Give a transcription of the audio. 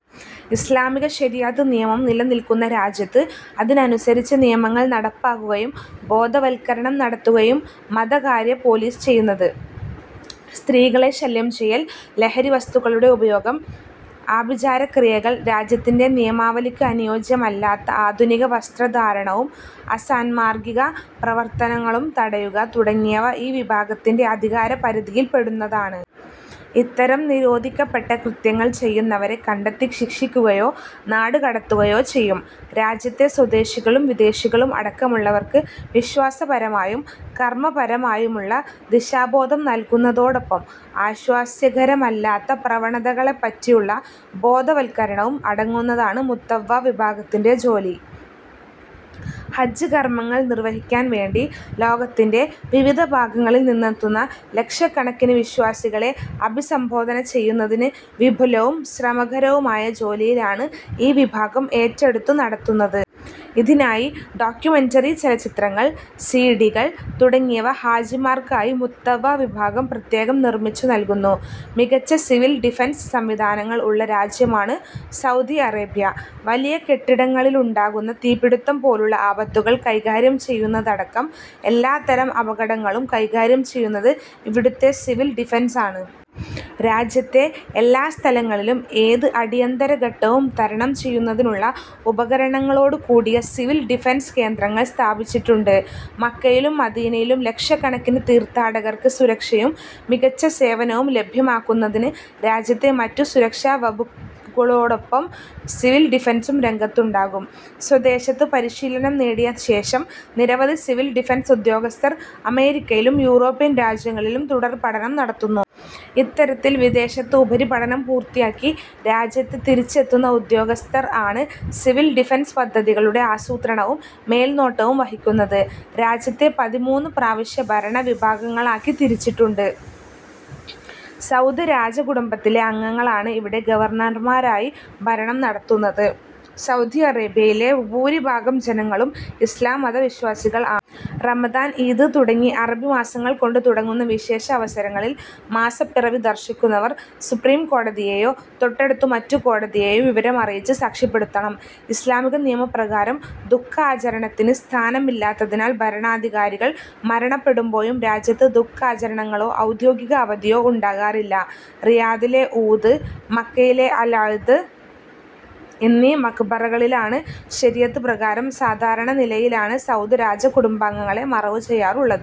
ഇസ്ലാമിക ശരീഅത്ത് നിയമം നില നിൽക്കുന്ന രാജ്യത്ത് അതിനനുസരിച്ച് നിയമങ്ങൾ നടപ്പാക്കുകയും ബോധവൽക്കരണം നടത്തുകയുമാണ് മതകാര്യ പോലീസ് ചെയ്യുന്നത്. സ്ത്രീകളെ ശല്യം ചെയ്യൽ, ലഹരി വസ്തുക്കളുടെ ഉപയോഗം, ആഭിചാരക്രിയകൾ, രാജ്യത്തിന്റെ നിയമാവലിക്ക് അനുയോജ്യമല്ലാത്ത ആധുനിക വസ്ത്രധാരണവും അസാന്മാർഗിക പ്രവർത്തനങ്ങളും തടയുക തുടങ്ങിയവ ഈ വിഭാഗത്തിന്റെ അധികാര പരിധിയിൽ പെടുന്നതാണ്. ഇത്തരം നിരോധിക്കപ്പെട്ട കൃത്യങ്ങൾ ചെയ്യുന്നവരെ കണ്ടെത്തി ശിക്ഷിക്കുകയോ നാട് കടത്തുകയോ ചെയ്യും. രാജ്യത്തെ സ്വദേശികളും വിദേശികളും അടക്കമുള്ളവർക്ക് വിശ്വാസപരമായും കർമപരമായുമുള്ള ദിശാബോധം നൽകുന്നതോടൊപ്പം ആശാസ്യകരമല്ലാത്ത പ്രവണതകളെ പറ്റിയുള്ള ബോധവത്കരണവും അടങ്ങുന്നതാണ് മുത്തവ്വ വിഭാഗത്തിന്റെ ജോലി. ഹജ്ജ് കർമങ്ങൾ നിർവഹിക്കാൻ വേണ്ടി ലോകത്തിന്റെ വിവിധ ഭാഗങ്ങളിൽ നിന്നെത്തുന്ന ലക്ഷക്കണക്കിന് വിശ്വാസികളെ അഭിസംബോധന ചെയ്യുന്നതിന് വിപുലവും ശ്രമകരവുമായ ജോലിയിലാണ് ഈ വിഭാഗം ഏറ്റെടുത്തു നടത്തുന്നത്. ഇതിനായി ഡോക്യുമെന്ററി ചലച്ചിത്രങ്ങൾ, സി. ഡി. കൾ, തുടങ്ങിയവ ഹാജിമാർക്കായി മുത്തവ്വ വിഭാഗം പ്രത്യേകം നിർമിച്ചു നൽകുന്നു. മികച്ച സിവിൽ ഡിഫൻസ് സംവിധാനങ്ങൾ ഉള്ള രാജ്യമാണ് സൗദി അറേബ്യ. വലിയ കെട്ടിടങ്ങളിലുണ്ടാകുന്ന തീപ്പിടുത്തം പോലുള്ള ആപത്തുകൾ കൈകാര്യം ചെയ്യുന്നതടക്കം എല്ലാതരം അപകടങ്ങളും കൈകാര്യം ചെയ്യുന്നത് ഇവിടുത്തെ സിവിൽ ഡിഫൻസ് ആണ്. രാജ്യത്തെ എല്ലാ സ്ഥലങ്ങളിലും ഏത് അടിയന്തരഘട്ടവും തരണം ചെയ്യുന്നതിനുള്ള ഉപകരണങ്ങളോട് കൂടിയ സിവിൽ ഡിഫൻസ് കേന്ദ്രങ്ങൾ സ്ഥാപിച്ചിട്ടുണ്ട്. മക്കയിലും മദീനയിലും ലക്ഷക്കണക്കിന് തീർത്ഥാടകർക്ക് സുരക്ഷയും മികച്ച സേവനവും ലഭ്യമാക്കുന്നതിന് രാജ്യത്തെ മറ്റു സുരക്ഷാ വകുപ്പുകളോടൊപ്പം സിവിൽ ഡിഫൻസും രംഗത്തുണ്ടാകും. സ്വദേശത്ത് പരിശീലനം നേടിയ ശേഷം നിരവധി സിവിൽ ഡിഫൻസ് ഉദ്യോഗസ്ഥർ അമേരിക്കയിലും യൂറോപ്യൻ രാജ്യങ്ങളിലും തുടർപഠനം നടത്തുന്നു. ഇത്തരത്തിൽ വിദേശത്തു ഉപരിപഠനം പൂർത്തിയാക്കി രാജ്യത്ത് തിരിച്ചെത്തുന്ന ഉദ്യോഗസ്ഥർ ആണ് സിവിൽ ഡിഫൻസ് പദ്ധതികളുടെ ആസൂത്രണവും മേൽനോട്ടവും വഹിക്കുന്നത്. രാജ്യത്തെ പതിമൂന്നു പ്രവിശ്യ ഭരണ വിഭാഗങ്ങളാക്കി തിരിച്ചിട്ടുണ്ട്. സൗദ് രാജ കുടുംബത്തിലെ അംഗങ്ങളാണ് ഇവിടെ ഗവർണർമാരായി ഭരണം നടത്തുന്നത്. സൗദി അറേബ്യയിലെ ഭൂരിഭാഗം ജനങ്ങളും ഇസ്ലാം മത വിശ്വാസികൾ ആണ്. റമദാൻ, ഈദ് തുടങ്ങി അറബി മാസങ്ങൾ കൊണ്ട് തുടങ്ങുന്ന വിശേഷ അവസരങ്ങളിൽ മാസപ്പിറവി ദർശിക്കുന്നവർ സുപ്രീം കോടതിയെയോ, തൊട്ടടുത്ത മറ്റു കോടതിയെയോ വിവരം അറിയിച്ച് സാക്ഷ്യപ്പെടുത്തണം. ഇസ്ലാമിക നിയമ പ്രകാരം ദു:ഖാചരണത്തിന് സ്ഥാനമില്ലാത്തതിനാൽ ഭരണാധികാരികൾ മരണപ്പെടുമ്പോഴും രാജ്യത്ത് ദു:ഖാചരണങ്ങളോ ഔദ്യോഗിക അവധിയോ ഉണ്ടാകാറില്ല. റിയാദിലെ ഊദ്, മക്കയിലെ അൽഅദ്ൽ എന്നീ മഖ്ബറകളിലാണ് ശരീഅത്ത് പ്രകാരം സാധാരണ നിലയിലാണ് സൗദ് രാജകുടുംബാംഗങ്ങളെ മറവു ചെയ്യാറുള്ളത്.